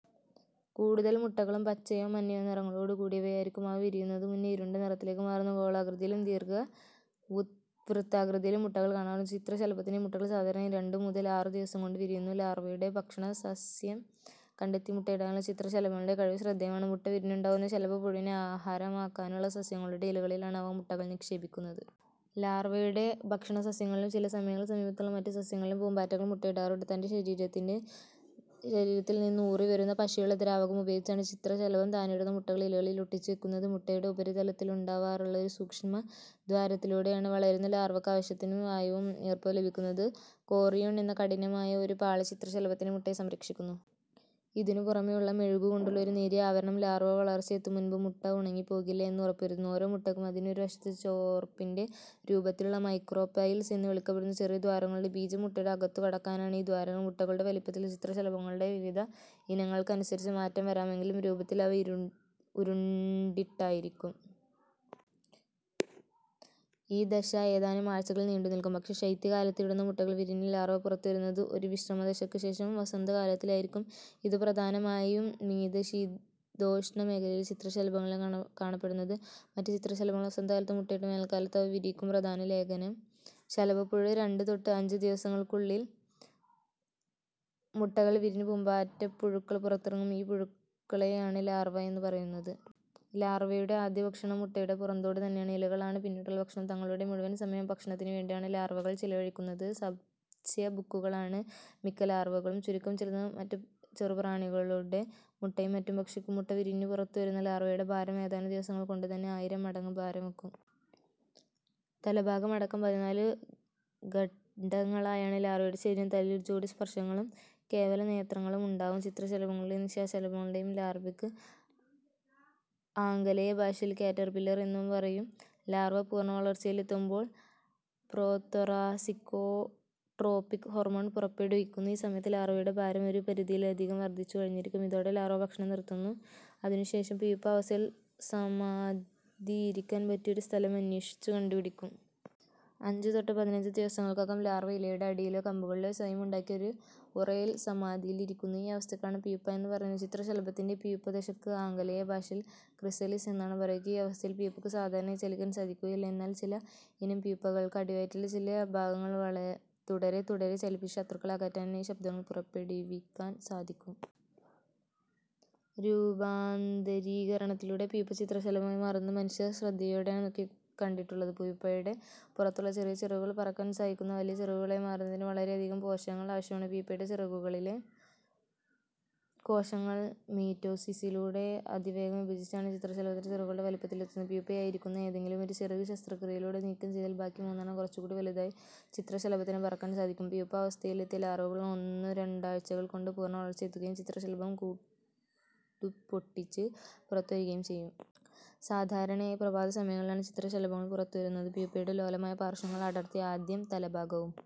കൂടുതൽ മുട്ടകളും പച്ചയോ മഞ്ഞയോ നിറങ്ങളോടു കൂടിയവയായിരിക്കും. അവ വിരിയുന്നതിനു മുന്നെ ഇരുണ്ട നിറത്തിലേക്ക് മാറുന്നു. ഗോളാകൃതിയിലും ദീർഘവുത്താകൃതിയിലും മുട്ടകൾ കാണാറുണ്ട്. ചിത്രശലഭത്തിന്റെ മുട്ടകൾ സാധാരണയായി രണ്ടു മുതൽ ആറു ദിവസം കൊണ്ടു വിരിയുന്നു. ലാർവ്വയുടെ ഭക്ഷണസസ്യം കണ്ടെത്തി മുട്ടയിടാനുള്ള ചിത്രശലഭങ്ങളുടെ കഴിവ് ശ്രദ്ധേയമാണ്. മുട്ട വിരിഞ്ഞുണ്ടാവുന്ന ശലഭപ്പുഴുവിന്ന്ആഹാരമാക്കാനുള്ള സസ്യങ്ങളുടെ ഇലകളിലാണ് അവ മുട്ടകൾ നിക്ഷേപിക്കുന്നത്. ലാർവ്വയുടെ ഭക്ഷണസസ്യങ്ങളിലും ചില സമയങ്ങളിൽ സമീപത്തുള്ള മറ്റു സസ്യങ്ങളിലും പൂമ്പാറ്റകൾ മുട്ടയിടാറുണ്ട്. തന്റെ ശരീരത്തിൽ നിന്നൂറിവരുന്ന പശയുള്ള ദ്രാവകമുപയോഗിച്ചാണ് ചിത്രശലഭം താനിടുന്ന മുട്ടകൾ ഇലകളിൽ ഒട്ടിച്ചുവെയ്ക്കുന്നത്. മുട്ടയുടെ ഉപരിതലത്തിലുണ്ടാവാറുള്ള ഒരു സൂക്ഷ്മദ്വാരത്തിലൂടെയാണ് വളരുന്ന ലാർവക്ക് ആവശ്യത്തിന് വായുവും ഈർപ്പവും ലഭിക്കുന്നത്. 'കോറിയോൺ' എന്ന കഠിനമായ ഒരു പാളി ചിത്രശലഭത്തിന്റെ മുട്ടയെ സംരക്ഷിക്കുന്നു. ഇതിനു പുറമേ ഉള്ള മെഴുകുകൊണ്ടുള്ള ഒരു നേരിയ ആവരണം ലാർവ വളർച്ചയെത്തുംമുൻപ് മുട്ട ഉണങ്ങിപ്പോകില്ല എന്ന് ഉറപ്പുരുത്തുന്നു. ഓരോ മുട്ടയ്ക്കും അതിനെ ഒരു വശത്ത് ചോർപ്പിന്റെ രൂപത്തിലുള്ള 'മൈക്രോപൈൽസ്' എന്നു വിളിക്കപ്പെടുന്ന ചെറിയ ദ്വാരങ്ങളുണ്ട്. ബീജം മുട്ടയുടെ അകത്തുകടക്കാനാണ് ഈ ദ്വാരങ്ങൾ. മുട്ടകളുടെ വലിപ്പത്തിൽ ചിത്രശലഭങ്ങളുടെ വിവിധ ഇനങ്ങൾക്കനുസരിച്ച് മാറ്റം വരാമെങ്കിലും രൂപത്തിൽ അവ ഉരുണ്ടിട്ടായിരിക്കും. ഈ ദശ ഏതാനും ആഴ്ചകൾ നീണ്ടുനിൽക്കും. പക്ഷേ, ശൈത്യകാലത്ത് ഇടുന്ന മുട്ടകൾ വിരിഞ്ഞ് ലാർവ പുറത്തുവരുന്നത് ഒരു വിശ്രമ ദശക്ക് ശേഷം വസന്തകാലത്തിൽ ആയിരിക്കും. ഇതു പ്രധാനമായും മിതശീതോഷ്ണമേഖലയിലെ ചിത്രശലഭങ്ങളിലാണ് കാണപ്പെടുന്നത്. മറ്റ് ചിത്രശലഭങ്ങൾ വസന്തകാലത്ത് മുട്ടയിട്ട് വേനൽക്കാലത്ത് അവ വിരിയിക്കും. പ്രധാന ലേഖനം: ശലഭപ്പുഴു രണ്ട് തൊട്ട് അഞ്ച് ദിവസങ്ങൾക്കുള്ളിൽ മുട്ടകൾ വിരിഞ്ഞ് പൂമ്പാറ്റപ്പുഴുക്കൾ പുറത്തിറങ്ങും, ഈ പുഴുക്കളെയാണ് ലാർവ എന്നു പറയുന്നത്. ലാർവയുടെ ആദ്യഭക്ഷണം മുട്ടയുടെ പുറന്തോട് തന്നെയാണ്. ഇലകളാണ് പിന്നീടുള്ള ഭക്ഷണം. തങ്ങളുടെ മുഴുവൻ സമയവും ഭക്ഷണത്തിനു വേണ്ടിയാണ് ലാർവകൾ ചെലവഴിക്കുന്നത്. സസ്യഭുക്കുകളാണ് മിക്ക ലാർവകളും, ചുരുക്കം ചിലത് മറ്റ് ചെറുപ്രാണികളുടെ മുട്ടയും മറ്റും ഭക്ഷിക്കും. മുട്ടവിരിഞ്ഞുപുറത്തു വരുന്ന ലാർവയുടെ ഭാരം ഏതാനും ദിവസങ്ങൾ കൊണ്ടുതന്നെ ആയിരം മടങ്ങ് ഭാരം വയ്ക്കും. തലഭാഗമടക്കം പതിനാലുഖണ്ഡങ്ങളായാണ് ലാർവയുടെ ശരീരം. തലയിൽ ഒരുജോടി സ്പർശകങ്ങളും കേവലനേത്രങ്ങളുമുണ്ടാവും ചിത്രശലഭങ്ങളുടെയും നിശാശലഭങ്ങളുടെയും ലാർവയ്ക്ക് ആംഗലേയഭാഷയിൽ കാറ്റർപില്ലർ എന്നും പറയും. ലാർവ്വ പൂർണ്ണവളർച്ചയിലെത്തുമ്പോൾ പ്രോതൊറാസിക്കോട്രോപ്പിക് ഹോർമോൺ പുറപ്പെടുവിക്കുന്നു. ഈ സമയത്ത് ലാർവ്വയുടെ ഭാരം ഒരു പരിധിയിലധികം വർദ്ധിച്ചുകഴിഞ്ഞിരിക്കും. ഇതോടെ ലാർവ ഭക്ഷണം നിർത്തുന്നു, അതിനുശേഷം പ്യൂപ്പ അവസ്ഥയിൽ സമാധിയിരിക്കാൻ പറ്റിയ ഒരു സ്ഥലം അന്വേഷിച്ചു കണ്ടുപിടിക്കും. അഞ്ച് തൊട്ട് പതിനഞ്ച് ദിവസങ്ങൾക്കകം ലാർവ ഇലയുടെ അടിയിലോ, കമ്പുകളിലോ, സ്വയം ഉണ്ടാക്കിയ ഒരു ഉറയിൽ സമാധിയിലിരിക്കുന്നു, ഈ അവസ്ഥയ്ക്കാണ് പ്യൂപ്പ എന്നു പറയുന്നത്. ചിത്രശലഭത്തിന്റെ പ്യൂപ്പദശക്ക് ആംഗലേയഭാഷയിൽ ക്രിസലിസ് എന്നാണ് പറയുക. ഈ അവസ്ഥയിൽ പ്യൂപ്പക്ക് സാധാരണയായി ചലിക്കാൻ സാധിക്കുകയില്ല. എന്നാൽ ചില ഇനം പ്യൂപ്പകൾക്ക് അടിവയറ്റിലെ ചില ഭാഗങ്ങൾ തുടരെ തുടരെ ചലിപ്പിച്ച് ശത്രുക്കളെ അകറ്റാനായി ശബ്ദങ്ങൾ പുറപ്പെടുവിക്കാൻ സാധിക്കും. രൂപാന്തരീകരണത്തിലൂടെ പ്യൂപ്പ ചിത്രശലഭമായി മാറുന്നത് മനുഷ്യർ ശ്രദ്ധയോടെയാണ് നോക്കിക്കണ്ടിട്ടുള്ളത്. പ്യൂപ്പയുടെ പുറത്തുള്ള ചെറിയ ചിറകുകൾ പറക്കാൻ സഹായിക്കുന്ന വലിയ ചിറകുകളായി മാറുന്നതിന് വളരെയധികം പോഷകങ്ങൾ ആവശ്യമാണ്. പ്യൂപ്പയുടെ ചിറകുകളിലെ കോശങ്ങൾ മീറ്റോസിസിലൂടെ അതിവേഗം വിഭജിച്ച് ആണ് ചിത്രശലഭത്തിന്റെ ചിറകുകളുടെ വലിപ്പത്തിൽ എത്തുന്നത്. പ്യൂപ്പയായിരിക്കുന്ന ഏതെങ്കിലും ഒരു ചിറക് ശസ്ത്രക്രിയയിലൂടെ നീക്കം ചെയ്താൽ ബാക്കി മൂന്നെണ്ണം കുറച്ചുകൂടി വലുതായി ചിത്രശലഭത്തിന് പറക്കാൻ സാധിക്കും പ്യൂപ്പ അവസ്ഥയിലെത്തിയ ലാർവകൾ ഒന്നു രണ്ടാഴ്ചകൾ കൊണ്ട് പൂർണ്ണവളർച്ചയെത്തുകയും ചിത്രശലഭം കൂടു പൊട്ടിച്ചു പുറത്തുവരികയും ചെയ്യും. സാധാരണയായി പ്രഭാതസമയങ്ങളിലാണ് ചിത്രശലഭങ്ങൾ പുറത്തുവരുന്നത്. പ്യൂപ്പയുടെ ലോലമായ പാർശ്വങ്ങൾ അടർത്തി ആദ്യം തലഭാഗവും,